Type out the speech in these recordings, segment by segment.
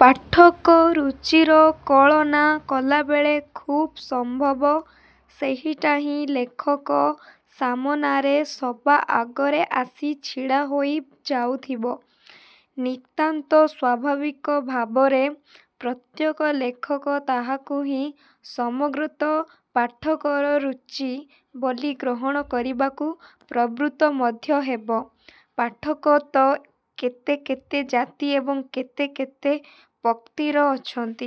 ପାଠକ ରୁଚିର କଳନା କଲାବେଳେ ଖୁବ୍ ସମ୍ଭବ ସେହିଟା ହିଁ ଲେଖକ ସାମନାରେ ସବା ଆଗରେ ଆସି ଛିଡ଼ା ହୋଇ ଯାଉଥିବ। ନିତାନ୍ତ ସ୍ୱାଭାବିକ ଭାବରେ ପ୍ରତ୍ୟେକ ଲେଖକ ତାହାକୁ ହିଁ ସମଗ୍ରତଃ ପାଠକର ରୁଚି ବୋଲି ଗ୍ରହଣ କରିବାକୁ ପ୍ରବୃତ୍ତ ମଧ୍ୟ ହେବ। ପାଠକ ତ କେତେ କେତେ ଜାତି ଏବଂ କେତେ କେତେ ପଂକ୍ତିର ଅଛନ୍ତି।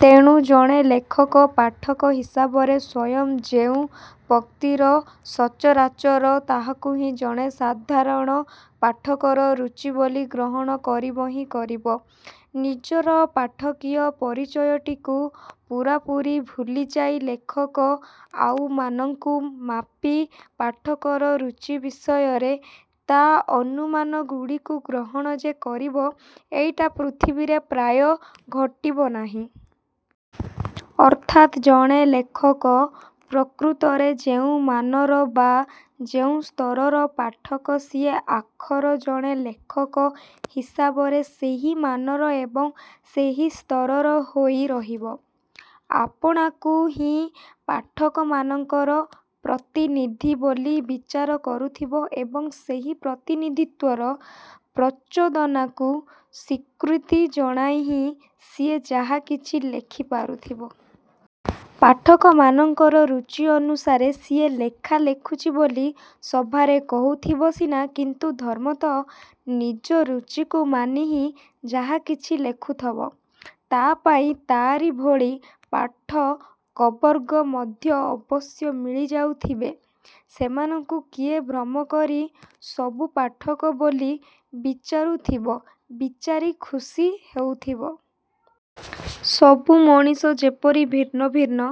ତେଣୁ ଜଣେ ଲେଖକ ପାଠକ ହିସାବରେ ସ୍ଵୟଂ ଯେଉଁ ପଂକ୍ତିର ସଚରାଚର ତାହାକୁ ହିଁ ଜଣେ ସାଧାରଣ ପାଠକର ରୁଚି ବୋଲି ଗ୍ରହଣ କରିବ ହିଁ କରିବ। ନିଜର ପାଠକୀୟ ପରିଚୟଟିକୁ ପୂରାପୂରି ଭୁଲିଯାଇ ଲେଖକ ଆଉମାନଙ୍କୁ ମାପି ପାଠକର ରୁଚି ବିଷୟରେ ତା ଅନୁମାନଗୁଡ଼ିକୁ ଗ୍ରହଣ ଯେ କରିବ, ଏଇଟା ପୃଥିବୀରେ ପ୍ରାୟ ଘଟିବ ନାହିଁ। ଅର୍ଥାତ୍ ଜଣେ ଲେଖକ ପ୍ରକୃତରେ ଯେଉଁ ମାନର ବା ଯେଉଁ ସ୍ତରର ପାଠକ ସିଏ ଆଖର ଜଣେ ଲେଖକ ହିସାବରେ ସେହି ମାନର ଏବଂ ସେହି ସ୍ତରର ହୋଇ ରହିବ। ଆପଣାକୁ ହିଁ ପାଠକମାନଙ୍କର ପ୍ରତିନିଧି ବୋଲି ବିଚାର କରୁଥିବ ଏବଂ ସେହି ପ୍ରତିନିଧିତ୍ୱର ପ୍ରଚୋଦନାକୁ ସ୍ୱୀକୃତି ଜଣାଇ ହଁ ସିଏ ଯାହା କିଛି ଲେଖି ପାରୁଥିବ। ପାଠକମାନଙ୍କର ରୁଚି ଅନୁସାରେ ସିଏ ଲେଖା ଲେଖୁଛି ବୋଲି ସଭାରେ କହୁଥିବ ସିନା କିନ୍ତୁ ଧର୍ମତଃ ନିଜ ରୁଚିକୁ ମାନି ହିଁ ଯାହାକିଛି ଲେଖୁଥବ। ତା ପାଇଁ ତାରି ଭଳି ପାଠକବର୍ଗ ମଧ୍ୟ ଅବଶ୍ୟ ମିଳିଯାଉଥିବେ। ସେମାନଙ୍କୁ ସିଏ ଭ୍ରମ କରି ସବୁ ପାଠକ ବୋଲି ବିଚାରୁଥିବ, ବିଚାରି ଖୁସୀ ହେଉଥିବ। ସବୁ ମଣିଷ ଯେପରି ଭିନ୍ନ ଭିନ୍ନ,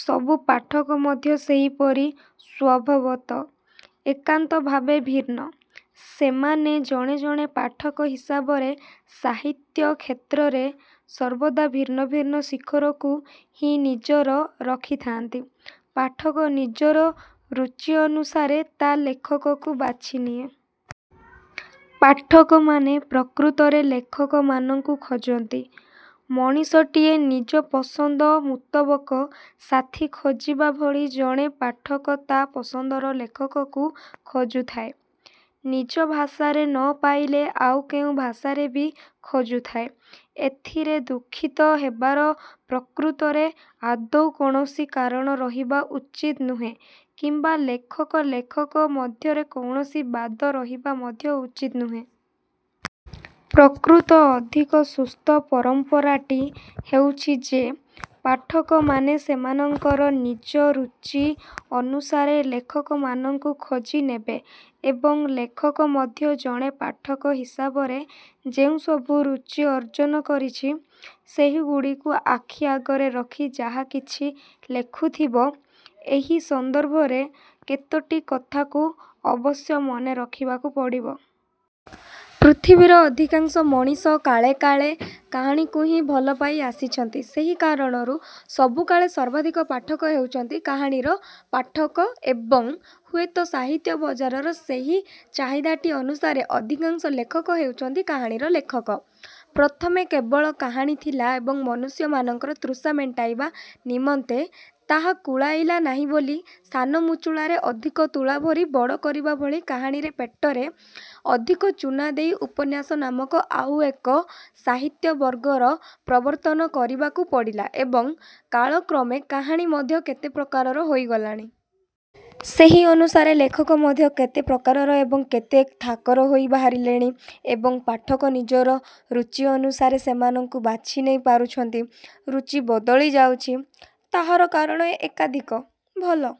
ସବୁ ପାଠକ ମଧ୍ୟ ସେହିପରି ସ୍ୱଭାବତଃ ଏକାନ୍ତ ଭାବେ ଭିନ୍ନ। ସେମାନେ ଜଣେ ଜଣେ ପାଠକ ହିସାବରେ ସାହିତ୍ୟ-କ୍ଷେତ୍ରରେ ସର୍ବଦା ଭିନ୍ନ ଭିନ୍ନ ଶିଖରକୁ ହିଁ ନଜର ରଖିଥାଆନ୍ତି। ପାଠକ ନିଜର ରୁଚି ଅନୁସାରେ ତା ଲେଖକକୁ ବାଛି ନିଏ। ପାଠକମାନେ ପ୍ରକୃତରେ ଲେଖକମାନଙ୍କୁ ଖୋଜନ୍ତି। ମଣିଷଟିଏ ନିଜ ପସନ୍ଦ ମୁତାବକ ସାଥୀ ଖୋଜିବା ଭଳି ଜଣେ ପାଠକ ତା ପସନ୍ଦର ଲେଖକକୁ ଖୋଜୁଥାଏ। ନିଜ ଭାଷାରେ ନ ପାଇଲେ ଆଉ କେଉଁ ଭାଷାରେ ବି ଖୋଜୁଥାଏ। ଏଥିରେ ଦୁଃଖିତ ହେବାର ପ୍ରକୃତରେ ଆଦୌ କୌଣସି କାରଣ ରହିବା ଉଚିତ ନୁହେଁ କିମ୍ବା ଲେଖକ ଲେଖକ ମଧ୍ୟରେ କୌଣସି ବାଦ ରହିବା ମଧ୍ୟ ଉଚିତ ନୁହେଁ। ପ୍ରକୃତ ଅଧିକ ସୁସ୍ଥ ପରମ୍ପରାଟି ହେଉଛି ଯେ ପାଠକମାନେ ସେମାନଙ୍କର ନିଜ ରୁଚି ଅନୁସାରେ ଲେଖକମାନଙ୍କୁ ଖୋଜି ନେବେ ଏବଂ ଲେଖକ ମଧ୍ୟ ଜଣେ ପାଠକ ହିସାବରେ ଯେଉଁ ସବୁ ରୁଚି ଅର୍ଜନ କରିଛି, ସେହିଗୁଡ଼ିକୁ ଆଖି ଆଗରେ ରଖି ଯାହାକିଛି ଲେଖୁଥିବ। ଏହି ସନ୍ଦର୍ଭରେ କେତୋଟି କଥାକୁ ଅବଶ୍ୟ ମନେ ରଖିବାକୁ ପଡ଼ିବ। ପୃଥିବୀରେ ଅଧିକାଂଶ ମଣିଷ କାଳେ କାଳେ କାହାଣୀକୁ ହିଁ ଭଲ ପାଇ ଆସିଛନ୍ତି। ସେହି କାରଣରୁ ସବୁକାଳେ ସର୍ବାଧିକ ପାଠକ ହେଉଛନ୍ତି କାହାଣୀର ପାଠକ ଏବଂ ହୁଏତ ସାହିତ୍ୟ ବଜାରର ସେହି ଚାହିଦାଟି ଅନୁସାରେ ଅଧିକାଂଶ ଲେଖକ ହେଉଛନ୍ତି କାହାଣୀର ଲେଖକ। ପ୍ରଥମେ କେବଳ କାହାଣୀ ଥିଲା ଏବଂ ମନୁଷ୍ୟମାନଙ୍କର ତୃଷା ମେଣ୍ଟାଇବା ନିମନ୍ତେ ତାହା କୁଳାଇଲା ନାହିଁ ବୋଲି ସାନ ମୁଚୁଳାରେ ଅଧିକ ତୁଳା ଭରି ବଡ଼ କରିବା ଭଳି କାହାଣୀ ପେଟରେ ଅଧିକ ଚୂନା ଦେଇ ଉପନ୍ୟାସ ନାମକ ଆଉ ଏକ ସାହିତ୍ୟବର୍ଗର ପ୍ରବର୍ତ୍ତନ କରିବାକୁ ପଡ଼ିଲା ଏବଂ କାଳକ୍ରମେ କାହାଣୀ ମଧ୍ୟ କେତେ ପ୍ରକାରର ହୋଇଗଲାଣି। ସେହି ଅନୁସାରେ ଲେଖକ ମଧ୍ୟ କେତେ ପ୍ରକାରର ଏବଂ କେତେ ଥାକର ହୋଇ ବାହାରିଲେଣି ଏବଂ ପାଠକ ନିଜର ରୁଚି ଅନୁସାରେ ସେମାନଙ୍କୁ ବାଛିନେଇ ପାରୁଛନ୍ତି, ରୁଚି ବଦଳି ଯାଉଛି। ତାହାର କାରଣ ଏକାଧିକ। ଭଲ